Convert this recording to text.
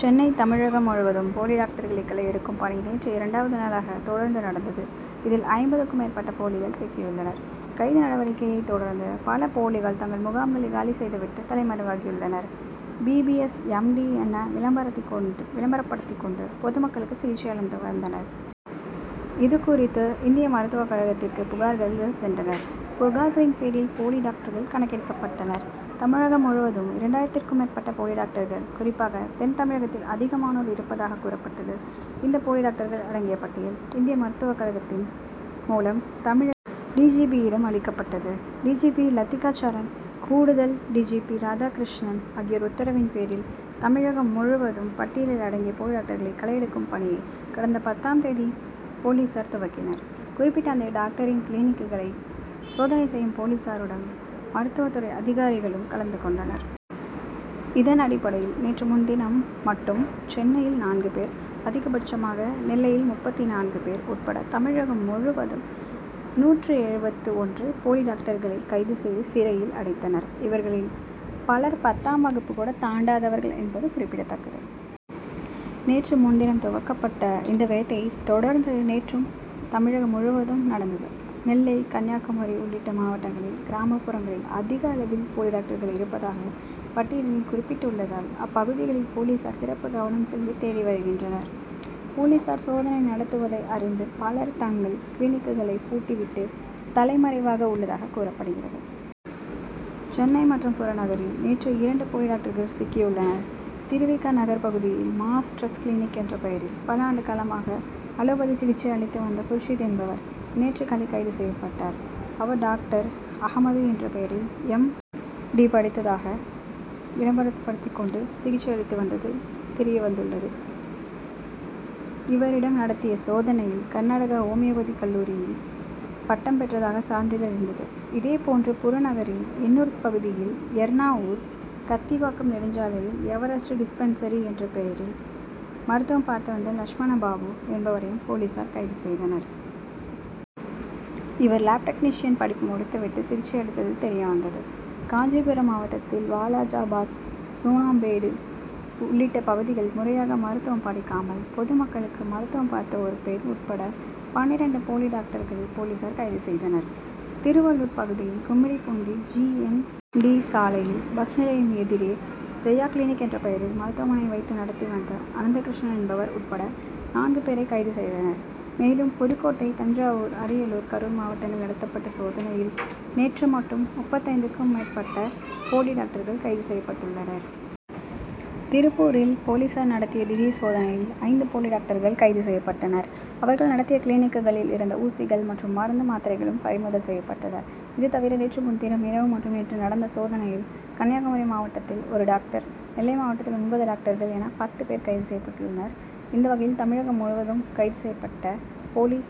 சென்னை தமிழகம் முழுவதும் போலி டாக்டர்களை களையெடுக்கும் பணி நேற்று இரண்டாவது நாளாக தொடர்ந்து நடந்தது. இதில், ஐம்பதுக்கும் மேற்பட்ட போலிகள் சிக்கியுள்ளனர். கைது நடவடிக்கையை தொடர்ந்து, பல போலிகள் தங்கள் முகாம்களை காலி செய்துவிட்டு தலைமறைவாகியுள்ளனர். B. B. S., M. D., என விளம்பரவிளம்பரப்படுத்திக் கொண்டு பொதுமக்களுக்கு சிகிச்சை அளித்துவந்தனர். இதுகுறித்து, இந்திய மருத்துவ கழகத்திற்கு புகார்கள் சென்றன. புகார்களின் பேரில், போலி டாக்டர்கள் கணக்கெடுக்கப்பட்டனர். தமிழகம் முழுவதும் இரண்டாயிரத்திற்கும் மேற்பட்ட போலி டாக்டர்கள், குறிப்பாக தென் தமிழகத்தில் அதிகமானோர் இருப்பதாக கூறப்பட்டது. இந்த போலி டாக்டர்கள் அடங்கிய பட்டியல், இந்திய மருத்துவக் கழகத்தின் மூலம், தமிழக டி. ஜி. பி.,யிடம் அளிக்கப்பட்டது. D. G. P., Lathika Saran, கூடுதல் டி. ஜி. பி., ராதாகிருஷ்ணன் ஆகியோர் உத்தரவின் பேரில், தமிழகம் முழுவதும் பட்டியலில் அடங்கிய போலி டாக்டர்களை களையெடுக்கும் பணியை, கடந்த பத்தாம் தேதி போலீசார் துவக்கினர். குறிப்பிட்ட அந்த டாக்டரின் கிளினிக்குகளை சோதனை செய்யும் போலீசாருடன், மருத்துவத் துறை அதிகாரிகளும் கலந்து கொண்டனர். இதன் அடிப்படையில் நேற்று முன்தினம் மட்டும் சென்னையில் நான்கு பேர், அதிகபட்சமாக நெல்லையில் முப்பத்து நான்கு பேர் உட்பட தமிழகம் முழுவதும் நூற்று எழுபத்து ஒன்று போலி டாக்டர்களை கைது செய்து சிறையில் அடைத்தனர். இவர்களில் பலர் பத்தாம் வகுப்பு கூட தாண்டாதவர்கள் என்பது குறிப்பிடத்தக்கது. நேற்று முன்தினம் துவக்கப்பட்ட இந்த வேட்டை, தொடர்ந்து நேற்றும் தமிழகம் முழுவதும் நடந்தது. நெல்லை, கன்னியாகுமரி உள்ளிட்ட மாவட்டங்களில் கிராமப்புறங்களில் அதிகளவில் போலி டாக்டர்கள் இருப்பதாக பட்டியலில் குறிப்பிட்டுள்ளதால், அப்பகுதிகளில் போலீசார் சிறப்பு கவனம் செலுத்தி தேடி வருகின்றனர். போலீசார் சோதனை நடத்துவதை அறிந்து பலர், தங்கள் கிளினிக்குகளை பூட்டிவிட்டு, தலைமறைவாக உள்ளதாக கூறப்படுகிறது. சென்னை மற்றும் புறநகரில் நேற்று இரண்டு போலி டாக்டர்கள் சிக்கியுள்ளனர். திரு. வி. க., நகர் பகுதியில் மாஸ் டிரஸ்ட் கிளினிக் என்ற பெயரில் பல ஆண்டு காலமாக அலோபதி சிகிச்சை அளித்து வந்த குர்ஷித் என்பவர், நேற்று காலை கைது செய்யப்பட்டார். அவர், டாக்டர் அகமது என்ற பெயரில் எம். டி., படித்ததாக விளம்பரப்படுத்திக் கொண்டு சிகிச்சை அளித்து வந்தது தெரிய வந்துள்ளது. இவரிடம் நடத்திய சோதனையில், கர்நாடகா ஓமியோபதி கல்லூரியில் பட்டம் பெற்றதாக சான்றிதழ் இருந்தது. இதே போன்று, புறநகரில் எண்ணூர் பகுதியில் எர்ணாவூர், கத்திவாக்கம் நெடுஞ்சாலையில் எவரெஸ்ட் டிஸ்பென்சரி என்ற பெயரில் மருத்துவம் பார்த்துவந்த லட்சுமண பாபு என்பவரையும் போலீசார் கைது செய்தனர். இவர், லேப்டெக்னீஷியன் படிப்பு முடித்துவிட்டு, சிகிச்சை அளித்தது தெரியவந்தது. காஞ்சிபுரம் மாவட்டத்தில் வாலாஜாபாத், சூணாம்பேடு உள்ளிட்ட பகுதிகளில் முறையாக மருத்துவம் படிக்காமல் பொதுமக்களுக்கு மருத்துவம் பார்த்த ஒரு பெண் உட்பட பன்னிரண்டு போலி டாக்டர்களை, போலீசார் கைது செய்தனர். திருவள்ளூர் பகுதியில் கும்மிடிப்பூண்டி ஜி. என். டி., சாலையில் பஸ் நிலையம் எதிரே ஜெயா கிளினிக் என்ற பெயரில் மருத்துவமனை வைத்து நடத்தி வந்த அனந்தகிருஷ்ணன் என்பவர் உட்பட நான்கு பேரை கைது செய்தனர். மேலும் புதுக்கோட்டை, தஞ்சாவூர், அரியலூர், கரூர் மாவட்டங்களில் நடத்தப்பட்ட சோதனையில் நேற்று மட்டும் முப்பத்தைந்துக்கும் மேற்பட்ட போலி டாக்டர்கள் கைது செய்யப்பட்டுள்ளனர். திருப்பூரில் போலீசார் நடத்திய திடீர் சோதனையில், ஐந்து போலி டாக்டர்கள் கைது செய்யப்பட்டனர். அவர்கள் நடத்திய கிளினிக்குகளில் இருந்த ஊசிகள் மற்றும் மருந்து, மாத்திரைகளும் பறிமுதல் செய்யப்பட்டன. இது தவிர நேற்று முன்தினம் இரவு மற்றும் நேற்று நடந்த சோதனையில் கன்னியாகுமரி மாவட்டத்தில் ஒரு டாக்டர், நெல்லை மாவட்டத்தில் ஒன்பது டாக்டர்கள் என பத்து பேர் கைது செய்யப்பட்டுள்ளனர். இந்த வகையில் தமிழகம் முழுவதும் கைது செய்யப்பட்ட போலி